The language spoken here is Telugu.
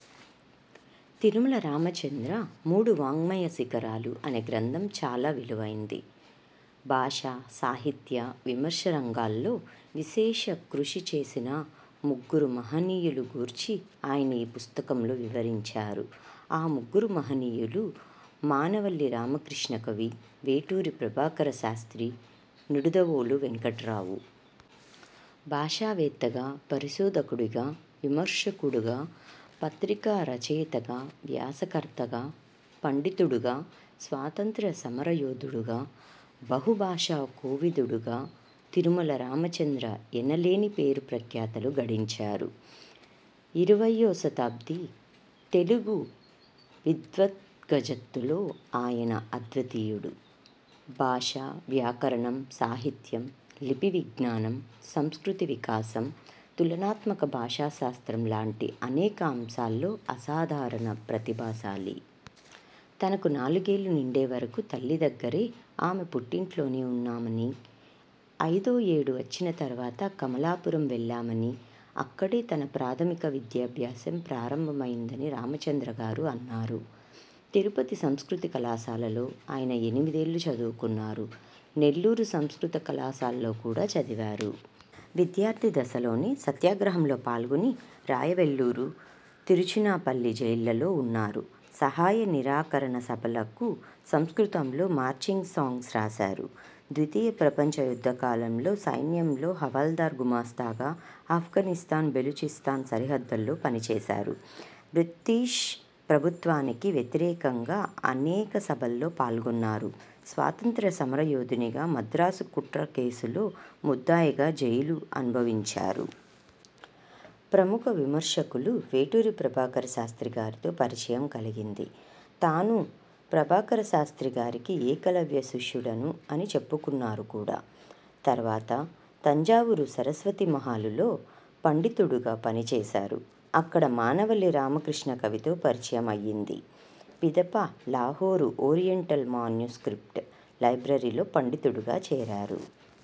తిరుమల రామచంద్ర 'మూడు వాఙ్మయ శిఖరాలు' అనే గ్రంథం చాలా విలువైంది. భాషా, సాహిత్య విమర్శ రంగాల్లో విశేష కృషి చేసిన ముగ్గురు మహనీయులు గూర్చి ఆయన ఈ పుస్తకంలో వివరించారు. ఆ ముగ్గురు మహనీయులు: మానవల్లి రామకృష్ణ కవి, వేటూరి ప్రభాకర శాస్త్రి, నిడుదవోలు వేంకటరావు. భాషావేత్తగా, పరిశోధకుడిగా, విమర్శకుడుగా, పత్రికా రచయితగా, వ్యాసకర్తగా, పండితుడుగా, స్వాతంత్య్ర సమరయోధుడుగా, బహుభాషా కోవిదుడుగా తిరుమల రామచంద్ర ఎనలేని పేరు ప్రఖ్యాతలు గడించారు. ఇరవయ్యో శతాబ్ది తెలుగు విద్వత్జగత్తులో ఆయన అద్వితీయుడు. భాష, వ్యాకరణం, సాహిత్యం, లిపి విజ్ఞానం, సంస్కృతి వికాసం, తులనాత్మక భాషా శాస్త్రం లాంటి అనేక అంశాల్లో అసాధారణ ప్రతిభాశాలి. తనకు నాలుగేళ్ళు నిండే వరకు తల్లి దగ్గరే ఆమె పుట్టింట్లోనే వున్నామనీ, ఐదో ఏడు వచ్చిన తర్వాత కమలాపురం వెళ్ళామనీ అక్కడే తన ప్రాథమిక విద్యాభ్యాసం ప్రారంభమైందనీ రామచంద్రగారు అన్నారు. తిరుపతి సంస్కృతి కళాశాలలో ఆయన ఎనిమిదేళ్ళు చదువుకున్నారు. నెల్లూరు సంస్కృత కళాశాలలో కూడా చదివారు. విద్యార్థి దశలోనే సత్యాగ్రహంలో పాల్గొని రాయవెల్లూరు, తిరుచినాపల్లి జైళ్ళలో వున్నారు. సహాయ నిరాకరణ సభలకు సంస్కృతంలో 'మార్చింగ్ సాంగ్స్' రాశారు. ద్వితీయ ప్రపంచ యుద్ధకాలంలో సైన్యంలో హవల్దార్ గుమస్తాగా అఫ్ఘానిస్తాన్– బెలూచిస్తాన్ సరిహద్దులో పనిచేశారు. బ్రిటీష్ ప్రభుత్వానికి వ్యతిరేకంగా అనేక సభల్లో పాల్గొన్నారు. స్వాతంత్య్ర సమరయోధునిగా మద్రాసు కుట్ర కేసులో ముద్దాయిగా జైలు అనుభవించారు. ప్రముఖ విమర్శకులు వేటూరి ప్రభాకరశాస్త్రి గారితో పరిచయం కలిగింది. తాను ప్రభాకరశాస్త్రి గారికి ఏకలవ్యశిష్యుడను అని చెప్పుకున్నారు కూడా. తర్వాత తంజావూరు సరస్వతీ మహాలు లో పండితుడుగా పని చేశారు. అక్కడ మానవల్లి రామకృష్ణకవితో పరిచయం అయింది. పిదప లాహోరు ఓరియంటల్ మాన్యు స్క్రిప్ట్ లైబ్రరీలో పండితుడుగా చేరారు.